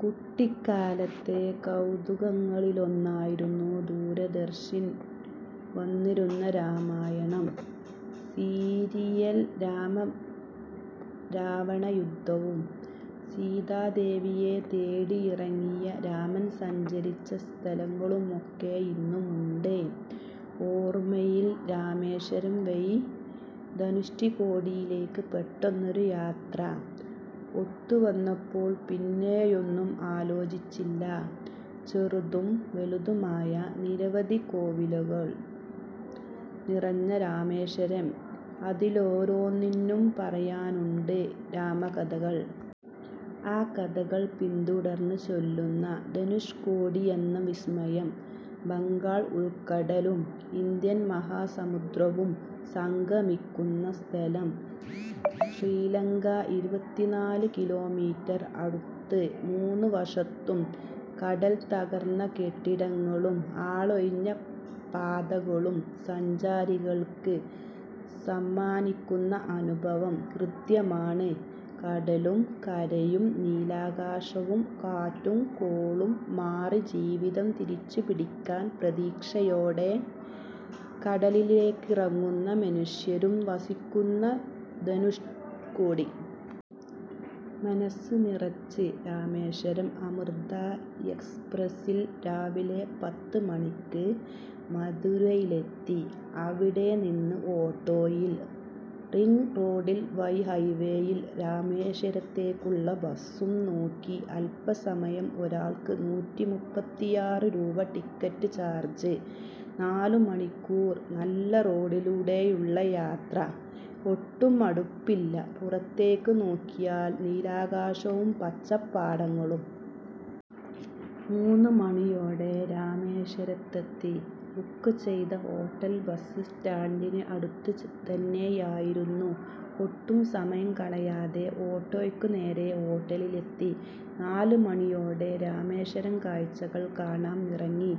കുട്ടിക്കാലത്തെ കൗതുകങ്ങളിലൊന്നായിരുന്നു ദൂരദർശനിൽ വന്നിരുന്ന രാമായണം സീരിയൽ. രാമ രാവണ യുദ്ധവും സീതാദേവിയെ തേടിയിറങ്ങിയ രാമൻ സഞ്ചരിച്ച സ്ഥലങ്ങളുമൊക്കെ ഇന്നുമുണ്ട് ഓർമ്മയിൽ. രാമേശ്വരം വഴി ധനുഷ്കോടിയിലേക്ക് പെട്ടെന്നൊരു യാത്ര ഒത്തുവന്നപ്പോൾ പിന്നെയൊന്നും ആലോചിച്ചില്ല. ചെറുതും വലുതുമായ നിരവധി കോവിലുകൾ നിറഞ്ഞ രാമേശ്വരം. അതിലൊരോന്നിനും പറയാനുണ്ട് രാമകഥകൾ. ആ കഥകൾ പിന്തുടർന്ന് ചെല്ലുന്ന ധനുഷ്കോടിയെന്ന വിസ്മയം. ബംഗാൾ ഉൾക്കടലും ഇന്ത്യൻ മഹാസമുദ്രവും സംഗമിക്കുന്ന സ്ഥലം. ശ്രീലങ്ക ഇരുപത്തിനാല് കിലോമീറ്റർ അടുത്ത്. മൂന്ന് വശത്തും കടൽ, തകർന്ന കെട്ടിടങ്ങളും ആളൊഴിഞ്ഞ പാതകളും സഞ്ചാരികൾക്ക് സമ്മാനിക്കുന്ന അനുഭവം ഹൃദ്യമാണ്. കടലും കരയും നീലാകാശവും. കാറ്റും കോളും മാറി ജീവിതം തിരിച്ചുപിടിക്കാൻ പ്രതീക്ഷയോടെ കടലിലേക്കിറങ്ങുന്ന മനുഷ്യരും വസിക്കുന്ന ധനുഷ്കോടി. മനസ്സ് നിറച്ച് രാമേശ്വരം അമൃത എക്സ്പ്രസിൽ രാവിലെ പത്ത് മണിക്ക് മധുരയിലെത്തി. അവിടെനിന്ന് ഓട്ടോയിൽ റിംഗ് റോഡ് വഴി ഹൈവേയിൽ. രാമേശ്വരത്തേക്കുള്ള ബസ്സും നോക്കി അല്പസമയം. ഒരാൾക്ക് നൂറ്റി മുപ്പത്തിയാറ് രൂപ ടിക്കറ്റ് ചാർജ്. നാലു മണിക്കൂർ, നല്ല റോഡിലൂടെയുള്ള യാത്ര ഒട്ടും മടുപ്പില്ല. പുറത്തേക്ക് നോക്കിയാൽ നീലാകാശവും പച്ചപ്പാടങ്ങളും. മൂന്നു മണിയോടെ രാമേശ്വരത്തെത്തി. ബുക്ക് ചെയ്ത ഹോട്ടൽ ബസ് സ്റ്റാൻഡിന് അടുത്ത് തന്നെയായിരുന്നു. ഒട്ടും സമയം കളയാതെ ഓട്ടോയ്ക്ക് നേരേ ഹോട്ടലിലെത്തി. നാലുമണിയോടെ രാമേശ്വരം കാഴ്ചകൾ കാണാൻ ഇറങ്ങി.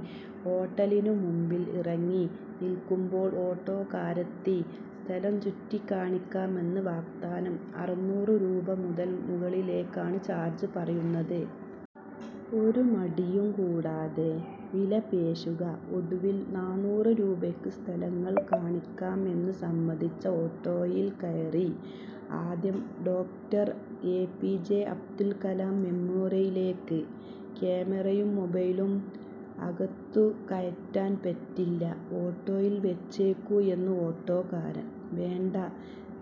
ഹോട്ടലിനു മുൻപിൽ ഇറങ്ങി നിൽക്കുമ്പോൾ ഓട്ടോക്കാരെത്തി. സ്ഥലം ചുറ്റിക്കാണിക്കാമെന്ന് വാഗ്ദാനം. അറന്നൂറ് രൂപ മുതൽ മുകളിലേക്കാണ് ചാർജ് പറയുന്നത്. ഒരു മടിയും കൂടാതെ വിലപേശുക. ഒടുവിൽ നാന്നൂറ് രൂപയ്ക്ക് സ്ഥലങ്ങൾ കാണിക്കാം എന്ന് സമ്മതിച്ച ഓട്ടോയിൽ കയറി. ആദ്യം doctor A P J Abdul Kalam മെമ്മോറിയലിലേക്ക്. ക്യാമറയും മൊബൈലും അകത്തു കയറ്റാൻ പറ്റില്ല. ഓട്ടോയിൽ വച്ചേക്കൂ എന്ന് ഓട്ടോക്കാരൻ. വേണ്ട,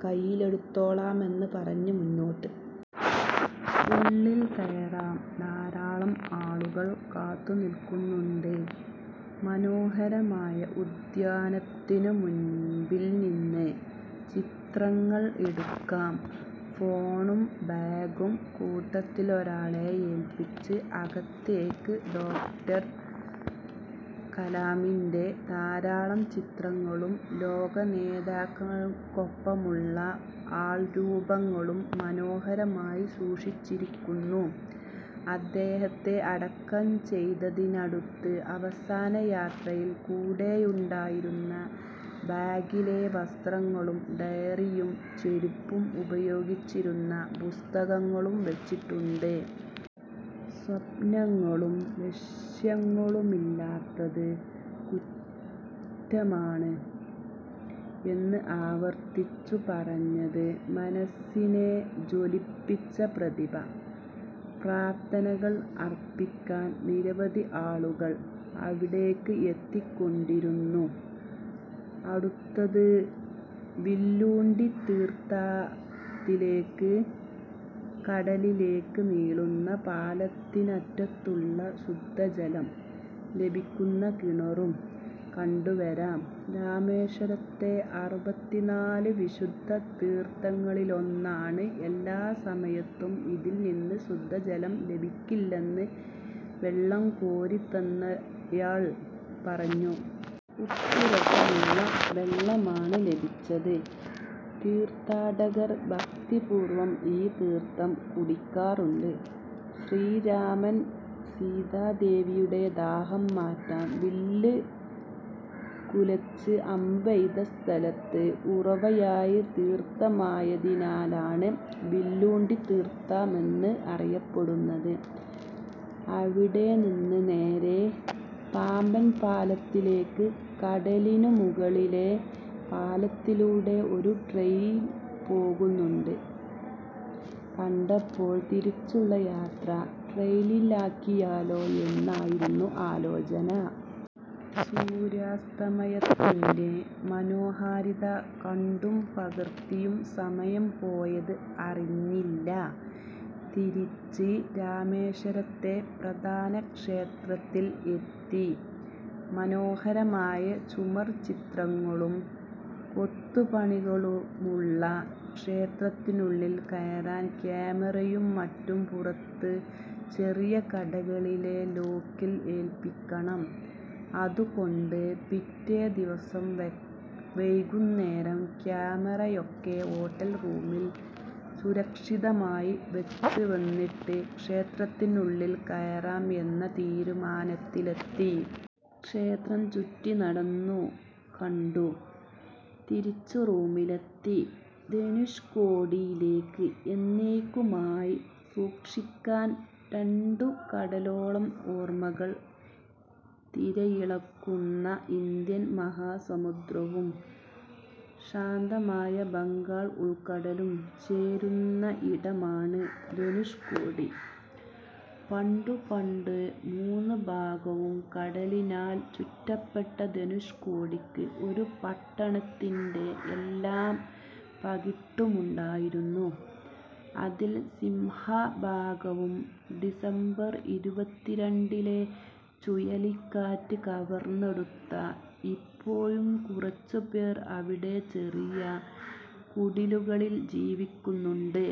കയ്യിലെടുത്തോളാമെന്ന് പറഞ്ഞ് മുന്നോട്ട്. ഉള്ളിൽ കയറാൻ ധാരാളം ആളുകൾ കാത്തു നിൽക്കുന്നുണ്ട്. മനോഹരമായ ഉദ്യാനത്തിനു മുൻപിൽനിന്ന് ചിത്രങ്ങൾ എടുക്കാം. ഫോണും ബാഗും കൂട്ടത്തിലൊരാളെ ഏൽപിച്ച് അകത്തേക്ക്. ഡോക്ടർ കലാമിൻ്റെ ധാരാളം ചിത്രങ്ങളും ലോകനേതാക്കൾക്കൊപ്പമുള്ള ആൾരൂപങ്ങളും മനോഹരമായി സൂക്ഷിച്ചിരിക്കുന്നു. അദ്ദേഹത്തെ അടക്കം ചെയ്തതിനടുത്ത് അവസാന യാത്രയിൽ കൂടെയുണ്ടായിരുന്ന ബാഗിലെ വസ്ത്രങ്ങളും ഡയറിയും ചെരുപ്പും ഉപയോഗിച്ചിരുന്ന പുസ്തകങ്ങളും വച്ചിട്ടുണ്ട്. സ്വപ്നങ്ങളും ലക്ഷ്യങ്ങളുമില്ലാത്തത് കുറ്റമാണ് എന്ന് ആവർത്തിച്ചു പറഞ്ഞ് മനസ്സിനെ ജ്വലിപ്പിച്ച പ്രതിഭ. പ്രാർത്ഥനകൾ അർപ്പിക്കാൻ നിരവധി ആളുകൾ അവിടേക്ക് എത്തിക്കൊണ്ടിരുന്നു. അടുത്തത് വില്ലൂണ്ടി തീർത്ഥത്തിലേക്ക്. കടലിലേക്ക് നീളുന്ന പാലത്തിനറ്റത്തുള്ള, ശുദ്ധജലം ലഭിക്കുന്ന കിണറും കണ്ടു വരാം. രാമേശ്വരത്തെ അറുപത്തിനാല് വിശുദ്ധ തീർത്ഥങ്ങളിലൊന്നാണ്. എല്ലാ സമയത്തും ഇതിൽനിന്ന് ശുദ്ധജലം ലഭിക്കില്ലെന്ന് വെള്ളം കോരിത്തന്നയാൾ പറഞ്ഞു. ഉപ്പുരസമുള്ള വെള്ളമാണ് ലഭിച്ചത്. തീർത്ഥാടകർ ഭക്തിപൂർവ്വം ഈ തീർത്ഥം കുടിക്കാറുണ്ട്. ശ്രീരാമൻ സീതാദേവിയുടെ ദാഹം മാറ്റാൻ വില്ല് കുലച്ച് അമ്പെയ്ത സ്ഥലത്ത് ഉറവയായി തീർത്ഥമായതിനാലാണ് വില്ലൂണ്ടി തീർത്ഥമെന്ന് അറിയപ്പെടുന്നത്. അവിടെനിന്ന് നേരേ പാമ്പൻ പാലത്തിലേക്ക്. കടലിനു മുകളിലെ പാലത്തിലൂടെ ഒരു ട്രെയിൻ പോകുന്നത് കണ്ടപ്പോൾ തിരിച്ചുള്ള യാത്ര ട്രെയിനിലാക്കിയാലോ എന്നായി ആലോചന. സൂര്യാസ്തമയത്തിൻ്റെ മനോഹാരിത കണ്ടും പകർത്തിയും സമയം പോയത് അറിഞ്ഞില്ല. തിരിച്ച് രാമേശ്വരത്തെ പ്രധാന ക്ഷേത്രത്തിൽ എത്തി. മനോഹരമായ ചുമർ ചിത്രങ്ങളും കൊത്തുപണികളുമുള്ള ക്ഷേത്രത്തിനുള്ളിൽ കയറാൻ ക്യാമറയും മറ്റും പുറത്ത് ചെറിയ കടകളിലെ ലോക്കറിൽ ഏൽപിക്കണം. അതുകൊണ്ട് പിറ്റേദിവസം വൈകുന്നേരം ക്യാമറയൊക്കെ ഹോട്ടൽ റൂമിൽ സുരക്ഷിതമായി വച്ച് വന്നിട്ട് ക്ഷേത്രത്തിനുള്ളിൽ കയറാം എന്ന തീരുമാനത്തിലെത്തി. ക്ഷേത്രം ചുറ്റിനടന്നു കണ്ടു. തിരിച്ച് റൂമിലെത്തി. ധനുഷ്കോടിയിലേക്ക്, എന്നേയ്ക്കുമായി സൂക്ഷിക്കാൻ രണ്ടു കടലോളം ഓർമ്മകൾ. തിരയിളകുന്ന ഇന്ത്യൻ മഹാസമുദ്രവും ശാന്തമായ ബംഗാൾ ഉൾക്കടലും ചേരുന്നയിടമാണ് ധനുഷ്കോടി. പണ്ടുപണ്ട്, മൂന്നു ഭാഗവും കടലിനാൽ ചുറ്റപ്പെട്ട ധനുഷ്കോടിക്ക് ഒരു പട്ടണത്തിൻ്റെ എല്ലാ പകിട്ടുമുണ്ടായിരുന്നു. അതിൽ സിംഹഭാഗവും ഡിസംബർ ഇരുപത്തിരണ്ടിലെ ചുഴലിക്കാറ്റ് കവർന്നെടുത്തു. ഇപ്പോഴും കുറച്ചു പേർ അവിടെ ചെറിയ കുടിലുകളിൽ ജീവിക്കുന്നുണ്ട്.